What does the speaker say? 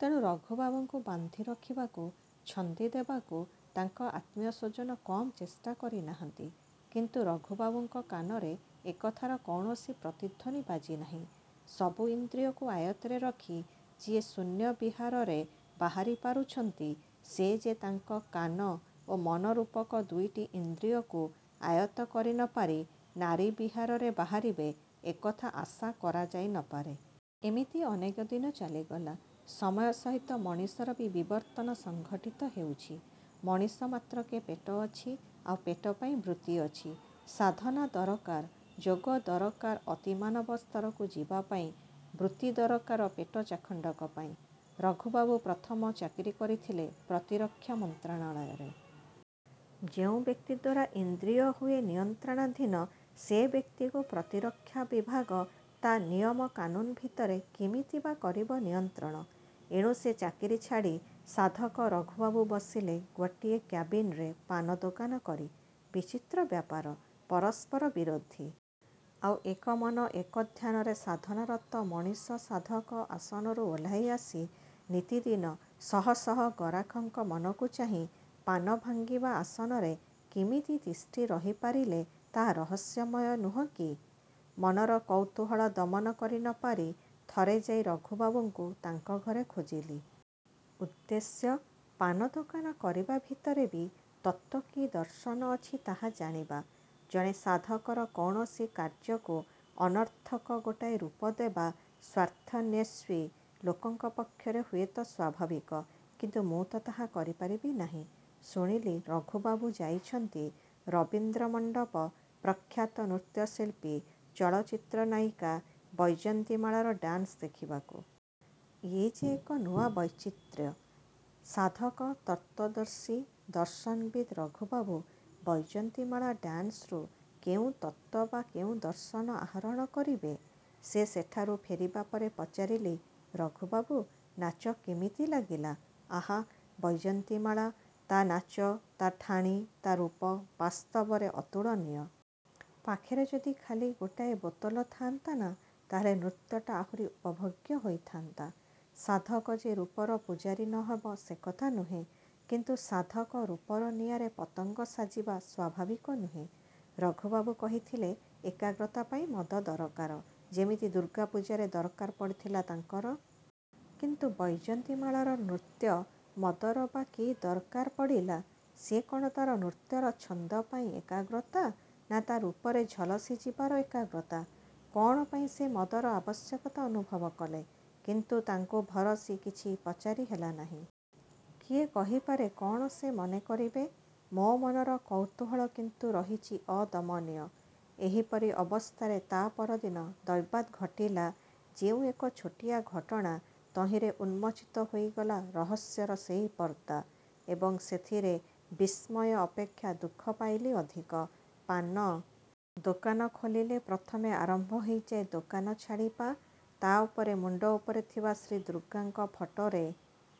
ତେଣୁ ରଘୁବାବୁଙ୍କୁ ବାନ୍ଧିରଖିବାକୁ, ଛନ୍ଦି ଦେବାକୁ ତାଙ୍କ ଆତ୍ମୀୟ ସ୍ୱଜନ କମ୍ ଚେଷ୍ଟା କରିନାହାନ୍ତି; କିନ୍ତୁ ରଘୁବାବୁଙ୍କ କାନରେ ଏ କଥାର କୌଣସି ପ୍ରତିଧ୍ଵନି ବାଜି ନାହିଁ। ସବୁ ଇନ୍ଦ୍ରିୟକୁ ଆୟତ୍ତରେ ରଖି ଯିଏ ଶୂନ୍ୟ ବିହାରରେ ବାହାରିପାରୁଛନ୍ତି ସେ ଯେ ତାଙ୍କ କାନ ଓ ମନ ରୂପକ ଦୁଇଟି ଇନ୍ଦ୍ରିୟକୁ ଆୟତ୍ତ କରିନପାରି ନାରୀ ବିହାରରେ ବାହାରିବେ ଏ କଥା ଆଶା କରାଯାଇନପାରେ। ଏମିତି ଅନେକ ଦିନ ଚାଲିଗଲା। ସମୟ ସହିତ ମଣିଷର ବି ବିବର୍ତ୍ତନ ସଂଘଟିତ ହେଉଛି। ମଣିଷ ମାତ୍ରକେ ପେଟ ଅଛି; ଆଉ ପେଟ ପାଇଁ ବୃତ୍ତି ଅଛି। ସାଧନା ଦରକାର, ଯୋଗ ଦରକାର ଅତିମାନବ ସ୍ତରକୁ ଯିବାପାଇଁ ବୃତ୍ତି ଦରକାର ପେଟ ଚାଖଣ୍ଡକ ପାଇଁ। ରଘୁବାବୁ ପ୍ରଥମ ଚାକିରି କରିଥିଲେ ପ୍ରତିରକ୍ଷା ମନ୍ତ୍ରଣାଳୟରେ। ଯେଉଁ ବ୍ୟକ୍ତି ଦ୍ୱାରା ଇନ୍ଦ୍ରିୟ ହୁଏ ନିୟନ୍ତ୍ରଣାଧୀନ ସେ ବ୍ୟକ୍ତିକୁ ପ୍ରତିରକ୍ଷା ବିଭାଗ ତା' ନିୟମ କାନୁନ୍ ଭିତରେ କିମିତି ବା କରିବ ନିୟନ୍ତ୍ରଣ। ଏଣୁ ସେ ଚାକିରି ଛାଡ଼ି ସାଧକ ରଘୁବାବୁ ବସିଲେ ଗୋଟିଏ କ୍ୟାବିନରେ ପାନ ଦୋକାନ କରି। ବିଚିତ୍ର ବ୍ୟାପାର। ପରସ୍ପର ବିରୋଧୀ। ଏକ ମନ ଏକ ଧ୍ୟାନରେ ସାଧନାରତ ମଣିଷ ସାଧକ ଆସନରୁ ଓହ୍ଲାଇ ଆସି ନିତିଦିନ ଶହ ଶହ ଗରାଖଙ୍କ ମନକୁ ଚାହିଁ ପାନ ଭାଙ୍ଗିବା ଆସନରେ କିମିତି ତିଷ୍ଠି ରହି ପାରିଲେ ତାହା ରହସ୍ୟମୟ ନୁହେଁ କି? ମନର କୌତୂହଳ ଦମନ କରିନପାରି ଥରେ ଯାଇ ରଘୁବାବୁଙ୍କୁ ତାଙ୍କ ଘରେ ଖୋଜିଲି-। ଉଦ୍ଦେଶ୍ୟ–ପାନଦୋକାନ କରିବା ଭିତରେ ବି ତତ୍ତ୍ୱ କି ଦର୍ଶନ ଅଛି ତାହା ଜାଣିବା-। ଜଣେ ସାଧକର କୌଣସି କାର୍ଯ୍ୟକୁ ଅନର୍ଥକ ଗୋଟାଏ ରୂପଦେବା ସ୍ୱାର୍ଥାନ୍ଵେଷୀ ଲୋକଙ୍କ ପକ୍ଷରେ ହୁଏତ ସ୍ୱାଭାବିକ କିନ୍ତୁ ମୁଁ ତ ତାହା କରିପାରିବି ନାହିଁ। ଶୁଣିଲି ରଘୁବାବୁ ଯାଇଛନ୍ତି ରବୀନ୍ଦ୍ର ମଣ୍ଡପ ପ୍ରଖ୍ୟାତ ନୃତ୍ୟଶିଳ୍ପୀ, ଚଳଚ୍ଚିତ୍ର ନାୟିକା ବୈଜୟନ୍ତୀମାଳାର ଡାନ୍ସ ଦେଖିବାକୁ। ଏ ଯେ ଏକ ନୂଆ ବୈଚିତ୍ର୍ୟ। ସାଧକ, ତତ୍ତ୍ୱଦର୍ଶୀ ଦର୍ଶନବିତ୍ ରଘୁବାବୁ ବୈଜୟନ୍ତୀମାଳା ଡାନ୍ସରୁ କେଉଁ ତତ୍ତ୍ୱ ବା କେଉଁ ଦର୍ଶନ ଆହରଣ କରିବେ-? ସେ ସେଠାରୁ ଫେରିବା ପରେ ପଚାରିଲି–ରଘୁବାବୁ, ନାଚ କିମିତି ଲାଗିଲା? ଆହାଃ ବୈଜୟନ୍ତୀମାଳା–ତା' ନାଚ, ତା' ଠାଣି, ତା' ରୂପ ବାସ୍ତବରେ ଅତୁଳନୀୟ। ପାଖରେ ଯଦି ଖାଲି ଗୋଟିଏ ବୋତଲ ଥାଆନ୍ତା ନା ତା'ହେଲେ ନୃତ୍ୟଟା ଆହୁରି ଉପଭୋଗ୍ୟ ହୋଇଥାନ୍ତା। ସାଧକ ଯେ ରୂପର ପୂଜାରୀ ନହେବ ସେକଥା ନୁହେଁ। କିନ୍ତୁ ସାଧକ ରୂପର ନିଆଁରେ ପତଙ୍ଗ ସାଜିବା ସ୍ୱାଭାବିକ ନୁହେଁ। ରଘୁବାବୁ କହିଥିଲେ ଏକାଗ୍ରତା ପାଇଁ ମଦ ଦରକାର–ଯେମିତି ଦୁର୍ଗା ପୂଜାରେ ଦରକାର ପଡ଼ିଥିଲା ତାଙ୍କର। କିନ୍ତୁ ବୈଜୟନ୍ତୀମାଳାର ନୃତ୍ୟ ମଦର ବା କି ଦରକାର ପଡ଼ିଲା? ସେ କ'ଣ ତା'ର ନୃତ୍ୟର ଛନ୍ଦ ପାଇଁ ଏକାଗ୍ରତା ନା ତା' ରୂପରେ ଝଲସି ଯିବାର ଏକାଗ୍ରତା? କ'ଣ ପାଇଁ ସେ ମଦର ଆବଶ୍ୟକତା ଅନୁଭବ କଲେ? କିନ୍ତୁ ତାଙ୍କୁ ଭରସି କିଛି ପଚାରି ହେଲା ନାହିଁ। କିଏ କହିପାରେ କ'ଣ ସେ ମନେ କରିବେ? ମୋ'ମନର କୌତୂହଳ କିନ୍ତୁ ରହିଛି ଅଦମନୀୟ। ଏହିପରି ଅବସ୍ଥାରେ ତା'ପରଦିନ ଦୈବାତ୍ ଘଟିଲା ଯେଉଁ ଏକ ଛୋଟିଆ ଘଟଣା ତହିଁରେ ଉନ୍ମୋଚିତ ହୋଇଗଲା ରହସ୍ୟର ସେଇ ପର୍ଦ୍ଦା–ଏବଂ ସେଥିରେ ବିସ୍ମୟ ଅପେକ୍ଷା ଦୁଃଖ ପାଇଲି ଅଧିକ। ପାନ ଦୋକାନ ଖୋଲିଲେ ପ୍ରଥମେ ଆରମ୍ଭ ହୋଇଯାଏ ଦୋକାନ ଝାଡ଼ିବା, ତା'ପରେ ମୁଣ୍ଡ ଉପରେ ଥିବା ଶ୍ରୀ ଦୁର୍ଗାଙ୍କ ଫଟୋରେ